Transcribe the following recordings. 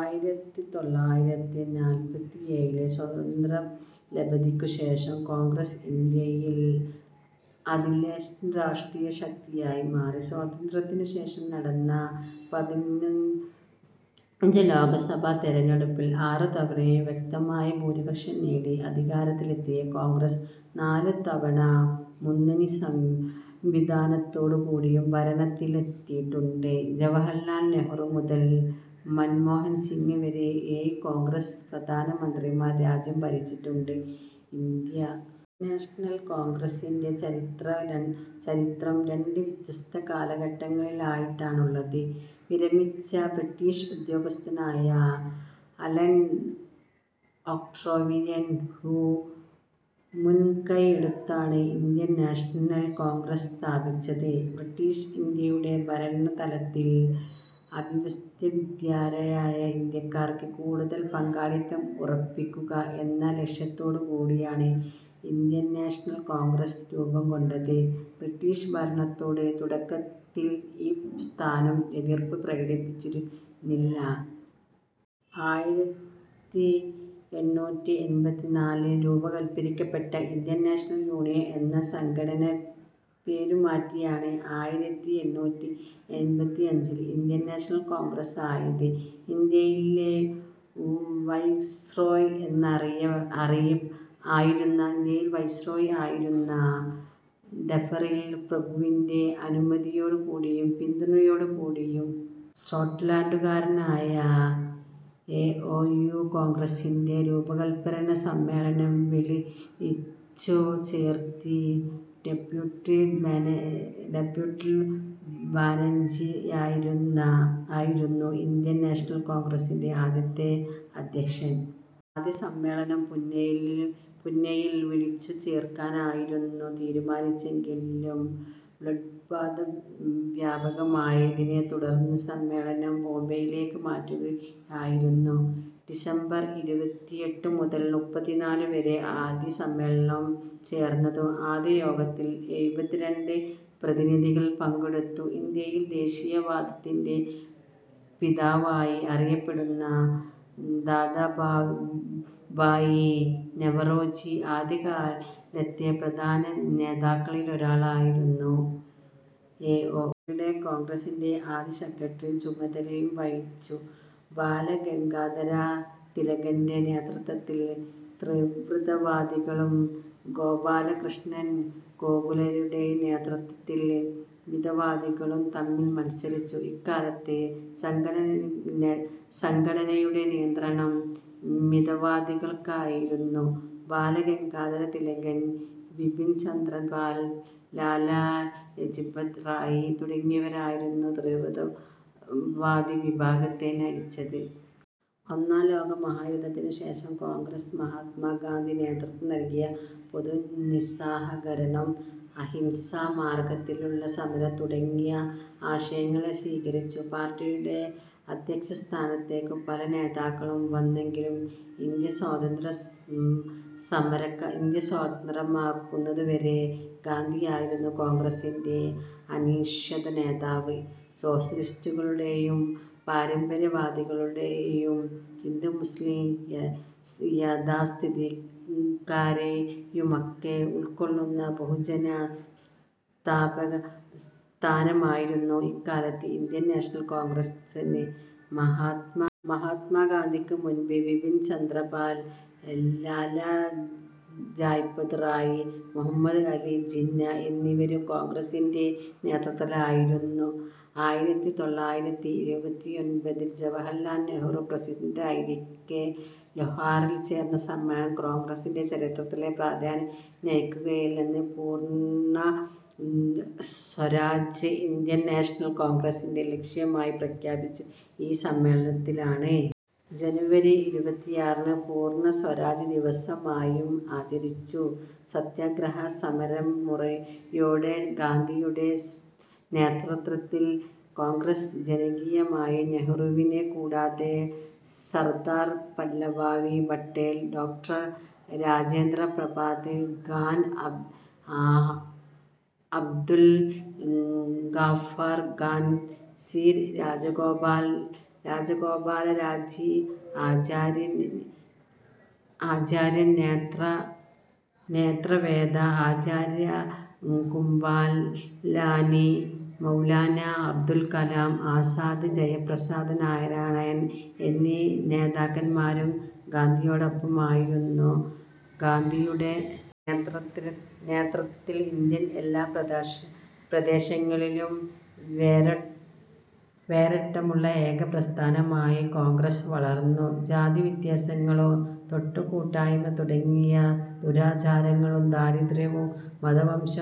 ആയിരത്തി തൊള്ളായിരത്തി നാല്പത്തിയേഴിലെ സ്വാതന്ത്ര്യലബ്ധിക്കു ശേഷം കോൺഗ്രസ് ഇന്ത്യയിലെ അനിഷേധ്യ രാഷ്ട്രീയ ശക്തിയായി മാറി. സ്വാതന്ത്ര്യത്തിനു ശേഷം നടന്ന പതിനഞ്ച് ലോകസഭാ തിരഞ്ഞെടുപ്പിൽ ആറു തവണയും വ്യക്തമായ ഭൂരിപക്ഷം നേടി അധികാരത്തിലെത്തിയ കോൺഗ്രസ് നാലു തവണ മുന്നണി സംവിധാനത്തോടെയും ഭരണത്തിലെത്തിയിട്ടുണ്ട്. ജവഹർലാൽ നെഹ്രു മുതൽ മൻമോഹൻ സിംഗ് വരെ ഏഴു കോൺഗ്രസ് പ്രധാനമന്ത്രിമാർ രാജ്യം ഭരിച്ചിട്ടുണ്ട്. ഇന്ത്യൻ നാഷണൽ കോൺഗ്രസ്സിൻ്റെ ചരിത്രം രണ്ട് വ്യത്യസ്ത കാലഘട്ടങ്ങളായിട്ടുള്ളതാണ്. വിരമിച്ച ബ്രിട്ടീഷ് ഉദ്യോഗസ്ഥനായ അലൻ ഒക്ടേവിയൻ ഹ്യൂം മുൻകൈയെടുത്താണ് ഇന്ത്യൻ നാഷണൽ കോൺഗ്രസ് സ്ഥാപിച്ചത്. ബ്രിട്ടീഷ് ഇന്ത്യയുടെ ഭരണതലത്തിൽ അഭ്യസ്തവിദ്യരായ ഇന്ത്യക്കാർക്ക് കൂടുതൽ പങ്കാളിത്തം ഉറപ്പാക്കുക എന്ന ലക്ഷ്യത്തോടെയാണ് ഇന്ത്യൻ നാഷണൽ കോൺഗ്രസ് രൂപംകൊണ്ടത്. ബ്രിട്ടീഷ് ഭരണത്തോട് തുടക്കത്തിൽ ഈ പ്രസ്ഥാനം എതിർപ്പ് പ്രകടിപ്പിച്ചിരുന്നില്ല. ആയിരത്തി എണ്ണൂറ്റി എൺപത്തിനാലിൽ രൂപവൽക്കരിക്കപ്പെട്ട ഇന്ത്യൻ നാഷണൽ യൂണിയൻ എന്ന സംഘടന പേരുമാറ്റിയാണ് ആയിരത്തി എണ്ണൂറ്റി എൺപത്തിയഞ്ചിൽ ഇന്ത്യൻ നാഷണൽ കോൺഗ്രസായത്. ഇന്ത്യയിലെ വൈസ്രോയ് ആയിരുന്ന ഡഫറിൻ പ്രഭുവിൻ്റെ അനുമതിയോടെയും പിന്തുണയോടെയും സ്കോട്ട്ലൻഡുകാരനായ ഏ. ഓ. ഹ്യൂം കോൺഗ്രസിൻ്റെ രൂപവത്കരണ സമ്മേളനം വിളിച്ചുചേർത്തു. ഡബ്ല്യു. സി. ബാനർജിയായിരുന്നു ഇന്ത്യൻ നാഷണൽ കോൺഗ്രസിൻ്റെ ആദ്യത്തെ അധ്യക്ഷൻ. ആദ്യ സമ്മേളനം പുണെയിൽ വിളിച്ചുചേർക്കാനായിരുന്നു തീരുമാനമെങ്കിലും പ്ലേഗുബാധ വ്യാപകമായതിനെത്തുടർന്ന് സമ്മേളനം ബോംബെയിലേക്ക് മാറ്റുകയായിരുന്നു. ഡിസംബർ ഇരുപത്തിയെട്ടു മുതൽ മുപ്പത്തിയൊന്ന് വരെയാണ് ആദ്യ സമ്മേളനം ചേർന്നത്. ആദ്യ യോഗത്തിൽ എഴുപത്തിരണ്ട് പ്രതിനിധികൾ പങ്കെടുത്തു. ഇന്ത്യൻ ദേശീയവാദത്തിൻ്റെ പിതാവായി അറിയപ്പെടുന്ന ദാദാഭായി നവറോജി ആദ്യകാലത്തെ പ്രധാന നേതാക്കളിലൊരാളായിരുന്നു. ഏ. ഓ. ഹ്യൂം കോൺഗ്രസിൻ്റെ ആദ്യ സെക്രട്ടറിയുടെ ചുമതല വഹിച്ചു. ബാല ഗംഗാധര തിലകൻ്റെ നേതൃത്വത്തിൽ തീവ്രവാദികളും ഗോപാലകൃഷ്ണ ഗോഖലെയുടെ നേതൃത്വത്തിൽ മിതവാദികളും തമ്മിൽ മത്സരിച്ചു. ഇക്കാലത്ത് സംഘടനയുടെ നിയന്ത്രണം മിതവാദികൾക്കായിരുന്നു. ബാല ഗംഗാധര തിലകൻ, ബിപിൻ ചന്ദ്ര പാൽ, ലാലാ ലജ്പത് റായ് തുടങ്ങിയവരായിരുന്നു തീവ്രവാദി വിഭാഗത്തെ നയിച്ചത്. ഒന്നാം ലോകമഹായുദ്ധത്തിനു ശേഷം കോൺഗ്രസ് മഹാത്മാ ഗാന്ധി നേതൃത്വം നൽകിയ പൊതു നിസ്സഹകരണം, അഹിംസാ മാർഗത്തിലുള്ള സമരം തുടങ്ങിയ ആശയങ്ങളെ സ്വീകരിച്ചു. പാർട്ടിയുടെ അധ്യക്ഷ സ്ഥാനത്തേക്ക് പല നേതാക്കളും വന്നുവെങ്കിലും ഇന്ത്യ സ്വതന്ത്രമാകുന്നതുവരെ ഗാന്ധിയായിരുന്നു കോൺഗ്രസിൻ്റെ അനിഷേധ്യ നേതാവ്. സോഷ്യലിസ്റ്റുകളെയും പാരമ്പര്യവാദികളെയും ഹിന്ദു മുസ്ലിം യാഥാസ്ഥിതികരെയുമൊക്കെ ഉൾക്കൊള്ളുന്ന ബഹുജന പ്രസ്ഥാനമായിരുന്നു ഇക്കാലത്ത് ഇന്ത്യൻ നാഷണൽ കോൺഗ്രസ്. മഹാത്മാ ഗാന്ധിക്കു മുൻപ് ബിപിൻ ചന്ദ്ര പാൽ, ലാലാ ലജ്പത് റായ്, മുഹമ്മദ് അലി ജിന്ന എന്നിവരും കോൺഗ്രസിൻ്റെ നേതൃനിരയിലുണ്ടായിരുന്നു. ആയിരത്തി തൊള്ളായിരത്തി ഇരുപത്തിയൊൻപതിൽ ജവഹർലാൽ നെഹ്രു പ്രസിഡന്റായിരിക്കെ ലാഹോറിൽ ചേർന്ന സമ്മേളനം കോൺഗ്രസിൻ്റെ ചരിത്രത്തിലെ സുപ്രധാന നാഴികക്കല്ലാണ്. പൂർണ്ണ സ്വരാജ് ഇന്ത്യൻ നാഷണൽ കോൺഗ്രസിൻ്റെ ലക്ഷ്യമായി പ്രഖ്യാപിച്ചത് ഈ സമ്മേളനത്തിലാണ്. ജനുവരി ഇരുപത്തിയാറ് പൂർണ്ണ സ്വരാജ് ദിവസമായും ആചരിച്ചു. സത്യാഗ്രഹ സമരമുറയോടെ ഗാന്ധിയുടെ നേതൃത്വത്തിൽ കോൺഗ്രസ് ജനകീയമായി. നെഹ്രുവിനെക്കൂടാതെ സർദാർ വല്ലഭായി പട്ടേൽ, ഡോക്ടർ രാജേന്ദ്ര പ്രസാദ്, ഖാൻ അബ്ദുൽ ഗാഫർ ഖാൻ, സി. രാജഗോപാലാചാരി, ആചാര്യ നരേന്ദ്രദേവ, ആചാര്യ കൃപലാനി, മൗലാനാ അബ്ദുൽ കലാം ആസാദ്, ജയപ്രകാശ് നാരായൺ എന്നീ നേതാക്കന്മാരും ഗാന്ധിയോടൊപ്പമുണ്ടായിരുന്നു. ഗാന്ധിയുടെ നേതൃത്വത്തിൽ ഇന്ത്യയുടെ എല്ലാ പ്രദേശങ്ങളിലും വേരോട്ടമുള്ള ഏക പ്രസ്ഥാനമായി കോൺഗ്രസ് വളർന്നു. ജാതിവ്യത്യാസങ്ങളും തൊട്ടുകൂടായ്മ തുടങ്ങിയ ദുരാചാരങ്ങളും ദാരിദ്ര്യവും മത വംശ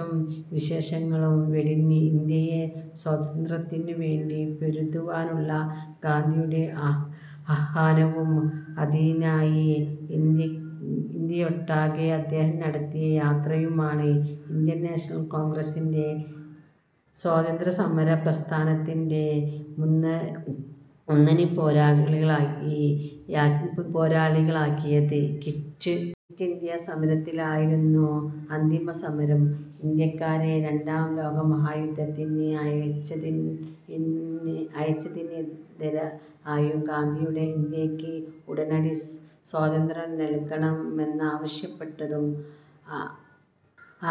വിദ്വേഷങ്ങളും വെടിഞ്ഞ് ഇന്ത്യയുടെ സ്വാതന്ത്ര്യത്തിനുവേണ്ടി പൊരുതുവാനുള്ള ഗാന്ധിജിയുടെ ആഹ്വാനവും അതിനായി ഇന്ത്യയൊട്ടാകെ അദ്ദേഹം നടത്തിയ യാത്രകളുമാണ് ഇന്ത്യൻ നാഷണൽ കോൺഗ്രസിനെ സ്വാതന്ത്ര്യസമര പ്രസ്ഥാനത്തിൻ്റെ മുന്നണിപ്പോരാളിയാക്കിയത്. Quit India സമരമായിരുന്നു അന്തിമസമരം. ഇന്ത്യക്കാരെ രണ്ടാം ലോകമഹായുദ്ധത്തിനു അയച്ചതിനെതിരായും ഗാന്ധിയുടെ ഇന്ത്യയ്ക്ക് ഉടനടി സ്വാതന്ത്ര്യം നൽകണമെന്നാവശ്യപ്പെട്ടും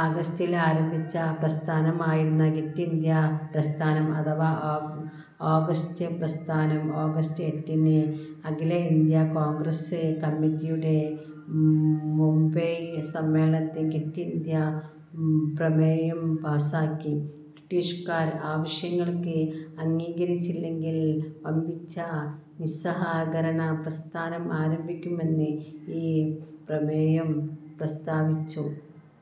ആഗസ്റ്റിൽ ആരംഭിച്ച പ്രസ്ഥാനമായിരുന്നു ക്വിറ്റ് ഇന്ത്യാ പ്രസ്ഥാനം അഥവാ ഓഗസ്റ്റ് പ്രസ്ഥാനം. ആഗസ്റ്റ് എട്ടിന് അഖിലേന്ത്യാ കോൺഗ്രസ് കമ്മിറ്റിയുടെ ബോംബെ സമ്മേളനത്തിൽ ക്വിറ്റ് ഇന്ത്യാ പ്രമേയം പാസാക്കി. ബ്രിട്ടീഷുകാർ ആവശ്യങ്ങൾ അംഗീകരിച്ചില്ലെങ്കിൽ വമ്പിച്ച നിസ്സഹകരണ പ്രസ്ഥാനം ആരംഭിക്കുമെന്ന് ഈ പ്രമേയം പ്രസ്താവിച്ചു.